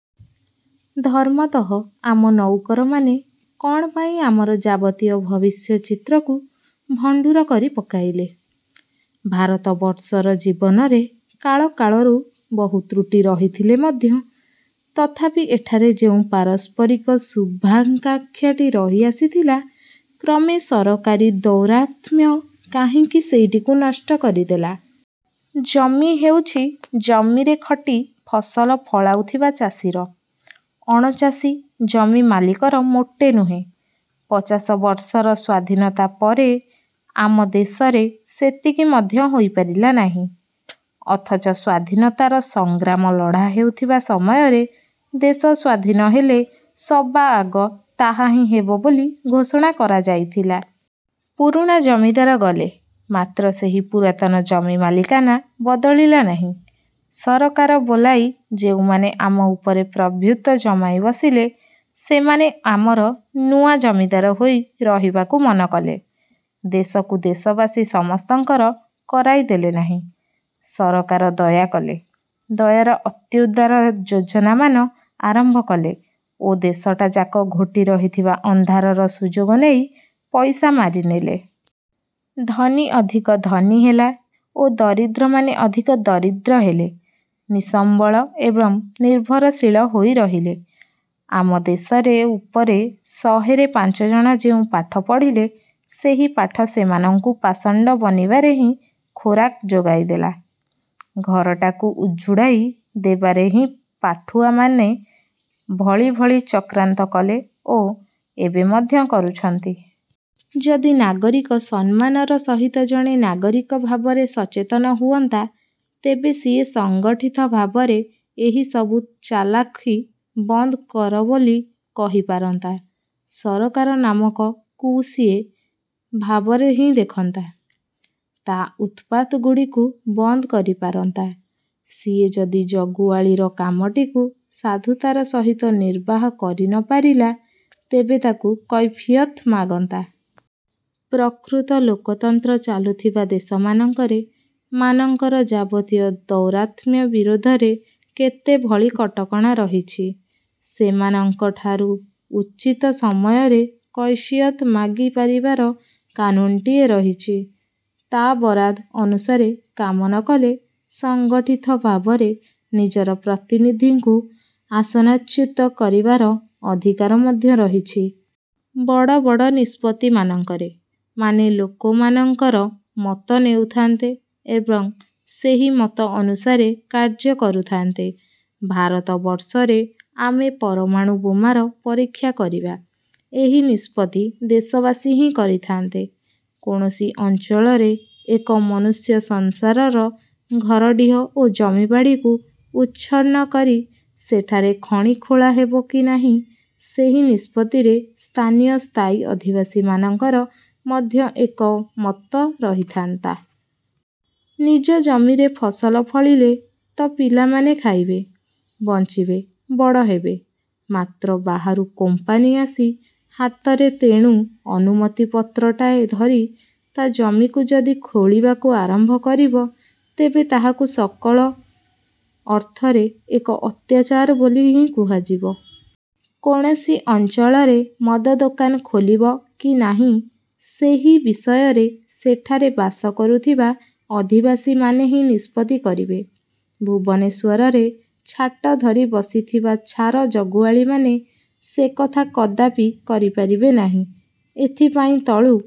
ଧର୍ମତଃ ଆମ ନଉକରମାନେ କଣ ପାଇଁ ଆମର ଯାବତୀୟ ଭବିଷ୍ୟଚିତ୍ରକୁ ଭଣ୍ଡୁର କରି ପକାଇଲେ? ଭାରତବର୍ଷର ଜୀବନରେ କାଳ କାଳରୁ ବହୁ ତ୍ରୁଟି ରହିଥିଲେ ମଧ୍ୟ ତଥାପି ଏଠାରେ ଯେଉଁ ପାରସ୍ପରିକ ଶୁଭାକାଙ୍କ୍ଷାଟି ରହି ଆସିଥିଲା, କ୍ରମେ ସରକାରୀ ଦୌରାତ୍ମ୍ୟ କାହିଁକି ସେଇଟିକୁ ନଷ୍ଟ କରିଦେଲା? ଜମି ହେଉଛି ଜମିରେ ଖଟି ଫସଲ ଫଳାଉଥିବା ଚାଷୀର। ଅଣଚାଷୀ ଜମିମାଲିକର ମୋଟେ ନୁହେଁ। ପଚାଶବର୍ଷର ସ୍ଵାଧୀନତା ପରେ ଆମ ଦେଶରେ ସେତିକି ମଧ୍ୟ ହୋଇପାରିଲା ନାହିଁ। ଅଥଚ ସ୍ଵାଧୀନତାର ସଂଗ୍ରାମ ଲଢ଼ା ହେଉଥିବା ସମୟରେ ଦେଶ ସ୍ୱାଧୀନ ହେଲେ ସବା ଆଗ ତାହା ହିଁ ହେବ ବୋଲି ଘୋଷଣା କରାଯାଇଥିଲା। ପୁରୁଣା ଜମିଦାର ଗଲେ, ମାତ୍ର ସେହି ପୁରାତନ ଜମିମାଲିକାନା ବଦଳିଲା ନାହିଁ। ସରକାର ବୋଲାଇ ଯେଉଁମାନେ ଆମ ଉପରେ ପ୍ରଭୁତ୍ଵ ଜମାଇ ବସିଲେ, ସେମାନେ ଆମର ନୂଆ ଜମିଦାର ହୋଇ ରହିବାକୁ ମନ କଲେ। ଦେଶକୁ ଦେଶବାସୀ ସମସ୍ତଙ୍କର କରାଇ ଦେଲେ ନାହିଁ। ସରକାର ଦୟା କଲେ, ଦୟାର ଅତ୍ୟୁଦାର ଯୋଜନାମାନ ଆରମ୍ଭ କଲେ ଓ ଦେଶଟା ଯାକ ଘୋଟି ରହିଥିବା ଅନ୍ଧାରର ସୁଯୋଗ ନେଇ ପଇସା ମାରିନେଲେ। ଧନୀ ଅଧିକ ଧନୀ ହେଲା ଓ ଦରିଦ୍ରମାନେ ଅଧିକ ଦରିଦ୍ର ହେଲେ। ନିଃସମ୍ବଳ ଏବଂ ନିର୍ଭରଶୀଳ ହୋଇ ରହିଲେ। ଆମ ଦେଶରେ ଉପରେ ଶହେରେ ପାଞ୍ଚଜଣ ଯେଉଁ ପାଠ ପଢ଼ିଲେ, ସେହି ପାଠ ସେମାନଙ୍କୁ ପାଷଣ୍ଡ ବନିବାରେ ହିଁ ଖୋରାକ ଯୋଗାଇ ଦେଲା। ଘରଟାକୁ ଉଜୁଡାଇ ଦେବାରେ ହିଁ ପାଠୁଆମାନେ ଭଳି ଭଳି ଚକ୍ରାନ୍ତ କଲେ ଓ ଏବେ ମଧ୍ୟ କରୁଛନ୍ତି। ଯଦି ନାଗରିକ ସମ୍ମାନର ସହିତ ଜଣେ ନାଗରିକ ଭାବରେ ସଚେତନ ହୁଅନ୍ତା, ତେବେ ସିଏ ସଂଗଠିତ ଭାବରେ ଏହି ସବୁ ଚାଲାଖି ବନ୍ଦ କରବୋଲି କହିପାରନ୍ତା। ସରକାର ନାମକ କୁ ସିଏ ଭାବରେ ହିଁ ଦେଖନ୍ତା। ତା' ଊତ୍ପାତ ଗୁଡ଼ିକୁ ବନ୍ଦ କରିପାରନ୍ତା। ସିଏ ଯଦି ଜଗୁଆଳୀର କାମଟିକୁ ସାଧୁତାର ସହିତ ନିର୍ବାହ କରି ନପାରିଲା, ତେବେ ତାକୁ କୈଫିୟତ ମାଗନ୍ତା। ପ୍ରକୃତ ଲୋକତନ୍ତ୍ର ଚାଲୁଥିବା ଦେଶମାନଙ୍କରେ ମାନଙ୍କର ଯାବତୀୟ ଦୌରାତ୍ମ୍ୟ ବିରୋଧରେ କେତେ ଭଳି କଟକଣା ରହିଛି। ସେମାନଙ୍କ ଠାରୁ ଉଚିତ ସମୟରେ କୈଫିୟତ ମାଗି ପାରିବାର କାନୁନ୍ଟିଏ ରହିଛି। ତା' ବରାଦ ଅନୁସାରେ କାମ ନକଲେ ସଂଗଠିତ ଭାବରେ ନିଜର ପ୍ରତିନିଧିଙ୍କୁ ଆସନଚ୍ୟୁତ କରିବାର ଅଧିକାର ମଧ୍ୟ ରହିଛି। ବଡ଼ ବଡ଼ ନିଷ୍ପତ୍ତିମାନଙ୍କରେ ମାନେ ଲୋକମାନଙ୍କର ମତ ନେଉଥାନ୍ତେ ଏବଂ ସେହି ମତ ଅନୁସାରେ କାର୍ଯ୍ୟ କରୁଥାନ୍ତେ। ଭାରତବର୍ଷରେ ଆମେ ପରମାଣୁ ବୋମାର ପରୀକ୍ଷା କରିବା, ଏହି ନିଷ୍ପତ୍ତି ଦେଶବାସୀ ହିଁ କରିଥାନ୍ତେ। କୌଣସି ଅଞ୍ଚଳରେ ଏକ ମନୁଷ୍ୟସଂସାରର ଘରଡ଼ିହ ଓ ଜମିବାଡ଼ିକୁ ଉଚ୍ଛନ୍ନ କରି ସେଠାରେ ଖଣି ଖୋଳା ହେବ କି ନାହିଁ ସେହି ନିଷ୍ପତ୍ତିରେ ସ୍ଥାନୀୟ ସ୍ଥାୟୀ ଅଧିବାସୀମାନଙ୍କର ମଧ୍ୟ ଏକମତ ରହିଥାନ୍ତା। ନିଜ ଜମିରେ ଫସଲ ଫଳିଲେ ତ ପିଲାମାନେ ଖାଇବେ, ବଂଚିବେ, ବଡ଼ ହେବେ। ମାତ୍ର ବାହାରୁ କୋମ୍ପାନୀ ଆସି ହାତରେ ତେଣୁ ଅନୁମତିପତ୍ରଟାଏ ଧରି ତା ଜମିକୁ ଯଦି ଖୋଳିବାକୁ ଆରମ୍ଭ କରିବ, ତେବେ ତାହାକୁ ସକଳ ଅର୍ଥରେ ଏକ ଅତ୍ୟାଚାର ବୋଲି ହିଁ କୁହାଯିବ। କୌଣସି ଅଂଚଳରେ ମଦ ଦୋକାନ ଖୋଲିବ କି ନାହିଁ, ସେହି ବିଷୟରେ ସେଠାରେ ବାସ କରୁଥିବା ଅଧିବାସୀମାନେ ହିଁ ନିଷ୍ପତ୍ତି କରିବେ। ଭୁବନେଶ୍ୱରରେ ଛାଟ ଧରି ବସିଥିବା ଛାର ଜଗୁଆଳୀମାନେ ସେକଥା କଦାପି କରିପାରିବେ ନାହିଁ। ଏଥିପାଇଁ ତଳୁ